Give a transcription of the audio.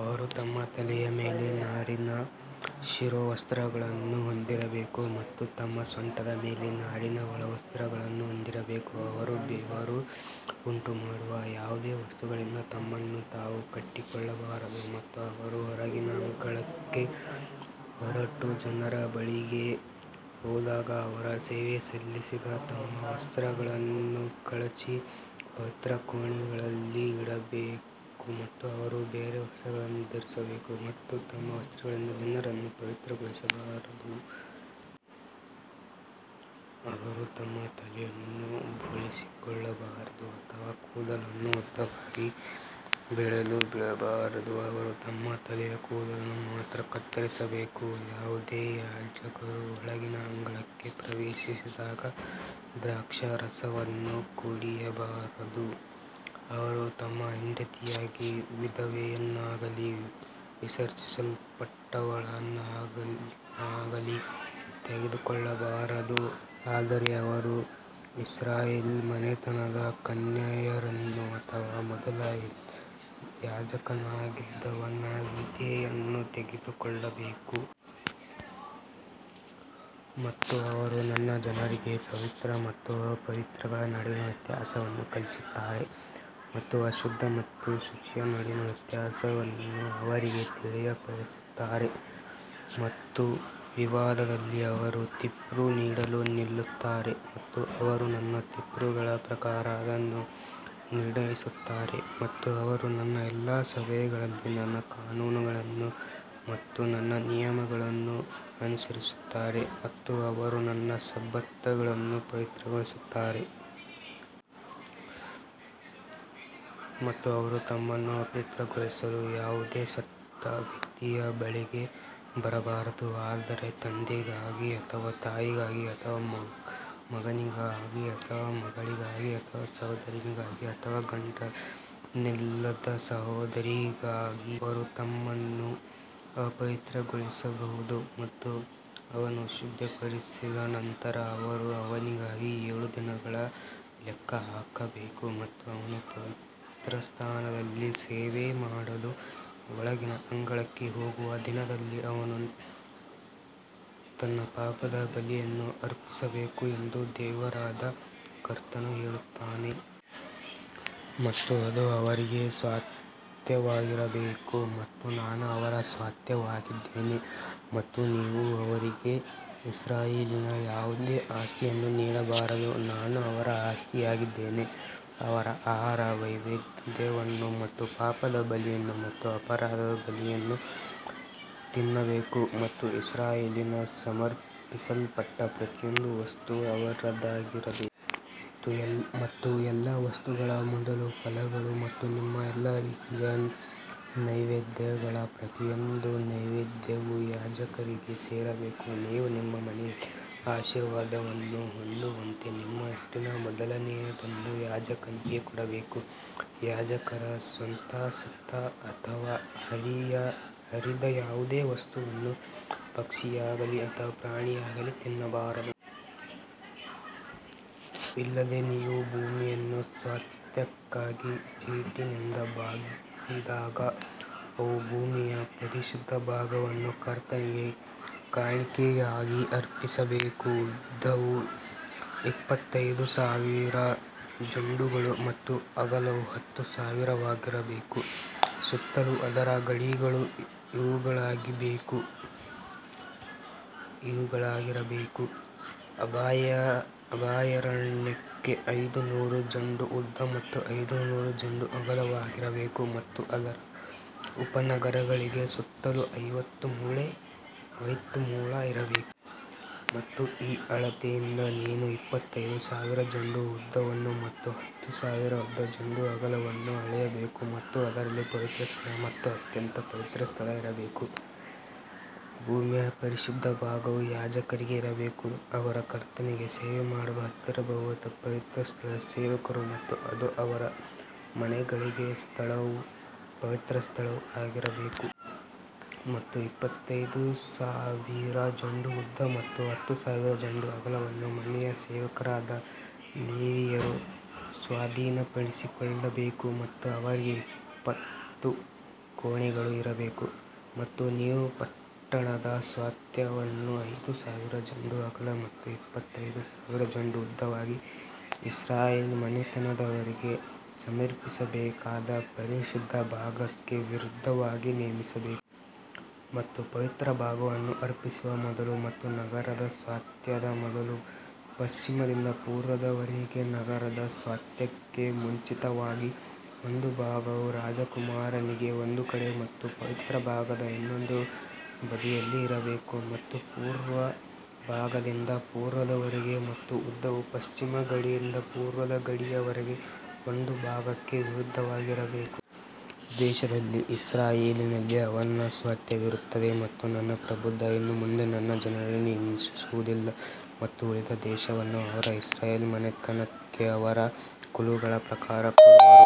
ಅವರು ತಮ್ಮ ತಲೆಯ ಮೇಲೆ ನಾರಿನ ಶಿರೋವಸ್ತ್ರಗಳನ್ನು ಹೊಂದಿರಬೇಕು ಮತ್ತು ತಮ್ಮ ಸೊಂಟದ ಮೇಲೆ ನಾರಿನ ಒಳವಸ್ತ್ರಗಳನ್ನು ಹೊಂದಿರಬೇಕು. ಅವರು ಬೆವರು ಉಂಟುಮಾಡುವ ಯಾವುದೇ ವಸ್ತುಗಳಿಂದ ತಮ್ಮನ್ನು ತಾವು ಕಟ್ಟಿಕೊಳ್ಳಬಾರದು. ಮತ್ತು ಅವರು ಹೊರಗಿನ ಅಂಗಳಕ್ಕೆ ಹೊರಟು ಜನರ ಬಳಿಗೆ ಹೋದಾಗ ಅವರು ಸೇವೆ ಸಲ್ಲಿಸಿದ ತಮ್ಮ ವಸ್ತ್ರಗಳನ್ನು ಕಳಚಿ ಪವಿತ್ರ ಕೋಣೆಗಳಲ್ಲಿ ಇಡಬೇಕು ಮತ್ತು ಅವರು ಬೇರೆ ವಸ್ತ್ರಗಳನ್ನು ಧರಿಸಬೇಕು ಮತ್ತು ತಮ್ಮ ವಸ್ತ್ರಗಳಿಂದ ಜನರನ್ನು ಪವಿತ್ರಗೊಳಿಸಬಾರದು. ಅವರು ತಮ್ಮ ತಲೆಯನ್ನು ಬೋಳಿಸಿಕೊಳ್ಳಬಾರದು ಅಥವಾ ಕೂದಲನ್ನು ಉದ್ದವಾಗಿ ಬೆಳೆಯಲು ಬಿಡಬಾರದು, ಅವರು ತಮ್ಮ ತಲೆಯ ಕೂದಲನ್ನು ಮಾತ್ರ ಕತ್ತರಿಸಬೇಕು. ಯಾವುದೇ ಯಾಜಕರು ಒಳಗಿನ ಅಂಗಳಕ್ಕೆ ಪ್ರವೇಶಿಸಿದಾಗ ದ್ರಾಕ್ಷಾರಸವನ್ನು ಕುಡಿಯಬಾರದು. ಅವರು ತಮ್ಮ ಹೆಂಡತಿಯಾಗಿ ವಿಧವೆಯನ್ನಾಗಲಿ ವಿಸರ್ಜಿಸಲ್ಪಟ್ಟವಳನ್ನಾಗಲಿ ತೆಗೆದುಕೊಳ್ಳಬಾರದು, ಆದರೆ ಅವರು ಇಸ್ರಾಯೇಲ್ ಮನೆತನದ ಕನ್ಯೆಯರನ್ನು ಅಥವಾ ಮೊದಲು ಯಾಜಕನಾಗಿದ್ದವನ ವಿಧವೆಯನ್ನು ತೆಗೆದುಕೊಳ್ಳಬೇಕು. ಮತ್ತು ಅವರು ನನ್ನ ಜನರಿಗೆ ಪವಿತ್ರ ಮತ್ತು ಅಪವಿತ್ರಗಳ ನಡುವಿನ ವ್ಯತ್ಯಾಸವನ್ನು ಕಲಿಸುತ್ತಾರೆ ಮತ್ತು ಅಶುದ್ಧ ಮತ್ತು ಶುಚಿಯ ನಡುವಿನ ವ್ಯತ್ಯಾಸವನ್ನು ಅವರಿಗೆ ತಿಳಿಯಪಡಿಸುತ್ತಾರೆ. ಮತ್ತು ವಿವಾದದಲ್ಲಿ ಅವರು ತೀರ್ಪು ನೀಡಲು ನಿಲ್ಲುತ್ತಾರೆ ಮತ್ತು ಅವರು ನನ್ನ ತೀರ್ಪುಗಳ ಪ್ರಕಾರ ಅದನ್ನು ನಿರ್ಣಯಿಸುತ್ತಾರೆ ಮತ್ತು ಅವರು ನನ್ನ ಎಲ್ಲಾ ಸಭೆಗಳಲ್ಲಿ ನನ್ನ ಕಾನೂನುಗಳನ್ನು ಮತ್ತು ನನ್ನ ನಿಯಮಗಳನ್ನು ಅನುಸರಿಸುತ್ತಾರೆ ಮತ್ತು ಅವರು ನನ್ನ ಸಬ್ಬತ್ಗಳನ್ನು ಪವಿತ್ರಗೊಳಿಸುತ್ತಾರೆ. ಮತ್ತು ಅವರು ತಮ್ಮನ್ನು ಅಪವಿತ್ರಗೊಳಿಸಲು ಯಾವುದೇ ಸತ್ತ ವ್ಯಕ್ತಿಯ ಬಳಿಗೆ ಬರಬಾರದು, ಆದರೆ ತಂದೆಗಾಗಿ ಅಥವಾ ತಾಯಿಗಾಗಿ ಅಥವಾ ಮಗನಿಗಾಗಿ ಅಥವಾ ಮಗಳಿಗಾಗಿ ಅಥವಾ ಸಹೋದರನಿಗಾಗಿ ಅಥವಾ ಗಂಡನಿಲ್ಲದ ಸಹೋದರಿಗಾಗಿ ಅವರು ತಮ್ಮನ್ನು ಅಪವಿತ್ರಗೊಳಿಸಬಹುದು. ಮತ್ತು ಅವನು ಶುದ್ಧೀಕರಿಸಿದ ನಂತರ ಅವರು ಅವನಿಗಾಗಿ ಏಳು ದಿನಗಳನ್ನು ಲೆಕ್ಕಹಾಕಬೇಕು ಮತ್ತು ಅವನು ಪವಿತ್ರಸ್ಥಾನದಲ್ಲಿ ಸೇವೆಮಾಡಲು ಒಳಗಿನ ಅಂಗಳಕ್ಕೆ ಹೋಗುವ ದಿನದಲ್ಲಿ ಅವನು ತನ್ನ ಪಾಪದ ಬಲಿಯನ್ನು ಅರ್ಪಿಸಬೇಕು ಎಂದು ದೇವರಾದ ಕರ್ತನು ಹೇಳುತ್ತಾನೆ. ಮತ್ತು ಅದು ಅವರಿಗೆ ಸ್ವಾಸ್ತ್ಯವಾಗಿರಬೇಕು ಮತ್ತು ನಾನು ಅವರ ಸ್ವಾಸ್ತ್ಯವಾಗಿದ್ದೇನೆ ಮತ್ತು ನೀವು ಅವರಿಗೆ ಇಸ್ರಾಯೇಲಿನಲ್ಲಿ ಯಾವುದೇ ಆಸ್ತಿಯನ್ನು ನೀಡಬಾರದು, ನಾನು ಅವರ ಆಸ್ತಿಯಾಗಿದ್ದೇನೆ. ಅವರು ಆಹಾರ ನೈವೇದ್ಯವನ್ನು ಮತ್ತು ಪಾಪದ ಬಲಿಯನ್ನು ಮತ್ತು ಅಪರಾಧದ ಬಲಿಯನ್ನು ತಿನ್ನಬೇಕು ಮತ್ತು ಇಸ್ರಾಯೇಲಿನಲ್ಲಿ ಸಮರ್ಪಿಸಲ್ಪಟ್ಟ ಪ್ರತಿಯೊಂದು ವಸ್ತುವೂ ಅವರದಾಗಿರಬೇಕು. ಮತ್ತು ಎಲ್ಲಾ ವಸ್ತುಗಳ ಮೊದಲ ಫಲಗಳು ಮತ್ತು ನಿಮ್ಮ ಎಲ್ಲಾ ರೀತಿಯ ನೈವೇದ್ಯಗಳ ಪ್ರತಿಯೊಂದು ನೈವೇದ್ಯವೂ ಯಾಜಕರಿಗೆ ಸೇರಬೇಕು, ನೀವು ನಿಮ್ಮ ಮನೆಯಲ್ಲಿ ಆಶೀರ್ವಾದವನ್ನು ಹೊಂದುವಂತೆ ನಿಮ್ಮ ಹಿಟ್ಟಿನ ಮೊದಲನೆಯದನ್ನು ಯಾಜಕನಿಗೆ ಕೊಡಬೇಕು. ಯಾಜಕರು ಸ್ವತಃ ಸತ್ತ ಅಥವಾ ಹರಿದ ಯಾವುದೇ ವಸ್ತುವನ್ನು, ಪಕ್ಷಿಯಾಗಲಿ ಅಥವಾ ಪ್ರಾಣಿಯಾಗಲಿ, ತಿನ್ನಬಾರದು. ಇದಲ್ಲದೆ ನೀವು ಭೂಮಿಯನ್ನು ಸ್ವಾಸ್ತ್ಯಕ್ಕಾಗಿ ಚೀಟಿನಿಂದ ಭಾಗಿಸಿದಾಗ ನೀವು ಭೂಮಿಯ ಪರಿಶುದ್ಧ ಭಾಗವನ್ನು ಕರ್ತನಿಗೆ ಕಾಣಿಕೆಯಾಗಿ ಅರ್ಪಿಸಬೇಕು, ಉದ್ದವು ಇಪ್ಪತ್ತೈದು ಸಾವಿರ ಜೊಂಡುಗಳು ಮತ್ತು ಅಗಲವು ಹತ್ತು ಸಾವಿರವಾಗಿರಬೇಕು. ಸುತ್ತಲೂ ಅದರ ಗಡಿಗಳು ಇವುಗಳಾಗಿರಬೇಕು, ಅಭಯಾರಣ್ಯಕ್ಕೆ ಐದು ನೂರು ಜೊಂಡು ಉದ್ದ ಮತ್ತು ಐದು ನೂರು ಜೊಂಡು ಅಗಲವಾಗಿರಬೇಕು ಮತ್ತು ಅದರ ಉಪನಗರಗಳಿಗೆ ಸುತ್ತಲೂ ಐವತ್ತು ಮೊಳ ಇರಬೇಕು. ಮತ್ತು ಈ ಅಳತೆಯಿಂದ ನೀನು ಇಪ್ಪತ್ತೈದು ಸಾವಿರ ಜೊಂಡು ಉದ್ದವನ್ನು ಮತ್ತು ಹತ್ತು ಸಾವಿರ ಜೊಂಡು ಅಗಲವನ್ನು ಅಳೆಯಬೇಕು ಮತ್ತು ಅದರಲ್ಲಿ ಪವಿತ್ರಸ್ಥಳ ಮತ್ತು ಅತ್ಯಂತ ಪವಿತ್ರ ಸ್ಥಳ ಇರಬೇಕು. ಭೂಮಿಯ ಪರಿಶುದ್ಧ ಭಾಗವು ಯಾಜಕರಿಗೆ ಇರಬೇಕು, ಅವರು ಕರ್ತನಿಗೆ ಸೇವೆ ಮಾಡಲು ಹತ್ತಿರ ಬರುವ ಪವಿತ್ರಸ್ಥಳದ ಸೇವಕರು ಮತ್ತು ಅದು ಅವರ ಮನೆಗಳಿಗೆ ಸ್ಥಳವೂ ಪವಿತ್ರ ಸ್ಥಳವೂ ಆಗಿರಬೇಕು. ಮತ್ತು ಇಪ್ಪತ್ತೈದು ಸಾವಿರ ಜೊಂಡು ಉದ್ದ ಮತ್ತು ಹತ್ತು ಸಾವಿರ ಜೊಂಡು ಅಗಲವನ್ನು ಮನೆಯ ಸೇವಕರಾದ ಲೇವಿಯರು ಸ್ವಾಧೀನಪಡಿಸಿಕೊಳ್ಳಬೇಕು ಮತ್ತು ಅವರಿಗೆ ಇಪ್ಪತ್ತು ಕೋಣೆಗಳು ಇರಬೇಕು. ಮತ್ತು ನೀವು ಪಟ್ಟಣದ ಸ್ವಾಸ್ತ್ಯವನ್ನು ಐದು ಸಾವಿರ ಜೊಂಡು ಅಗಲ ಮತ್ತು ಇಪ್ಪತ್ತೈದು ಸಾವಿರ ಜೊಂಡು ಉದ್ದವಾಗಿ, ಇಸ್ರಾಯೇಲ್ ಮನೆತನದವರಿಗೆ ಸಮರ್ಪಿಸಬೇಕಾದ ಪರಿಶುದ್ಧ ಭಾಗಕ್ಕೆ ವಿರುದ್ಧವಾಗಿ ನೇಮಿಸಬೇಕು. ಮತ್ತು ಪವಿತ್ರ ಭಾಗವನ್ನು ಅರ್ಪಿಸುವ ಮೊದಲು ಮತ್ತು ನಗರದ ಸ್ವಾಸ್ತ್ಯದ ಮೊದಲು, ಪಶ್ಚಿಮದಿಂದ ಪೂರ್ವದವರೆಗೆ ನಗರದ ಸ್ವಾಸ್ತ್ಯಕ್ಕೆ ಮುಂಚಿತವಾಗಿ ಒಂದು ಭಾಗವು ರಾಜಕುಮಾರನಿಗೆ ಒಂದು ಕಡೆ ಮತ್ತು ಪವಿತ್ರ ಭಾಗದ ಇನ್ನೊಂದು ಬದಿಯಲ್ಲಿ ಇರಬೇಕು. ಮತ್ತು ಪೂರ್ವ ಭಾಗದಿಂದ ಪೂರ್ವದವರೆಗೆ ಮತ್ತು ಉದ್ದವು ಪಶ್ಚಿಮ ಗಡಿಯಿಂದ ಪೂರ್ವದ ಗಡಿಯವರೆಗೆ ಒಂದು ಭಾಗಕ್ಕೆ ವಿರುದ್ಧವಾಗಿರಬೇಕು. ದೇಶದಲ್ಲಿ ಇಸ್ರಾಯೇಲಿನಲ್ಲಿ ಅವನ ಸ್ವಾಸ್ತ್ಯವಿರುತ್ತದೆ ಮತ್ತು ನನ್ನ ಪ್ರಭುಗಳು ಇನ್ನು ಮುಂದೆ ನನ್ನ ಜನರನ್ನು ಹಿಂಸಿಸುವುದಿಲ್ಲ ಮತ್ತು ಉಳಿದ ದೇಶವನ್ನು ಅವರು ಇಸ್ರಾಯೇಲ್ ಮನೆತನಕ್ಕೆ ಅವರ ಕುಲಗಳ ಪ್ರಕಾರ ಕೊಡುವರು.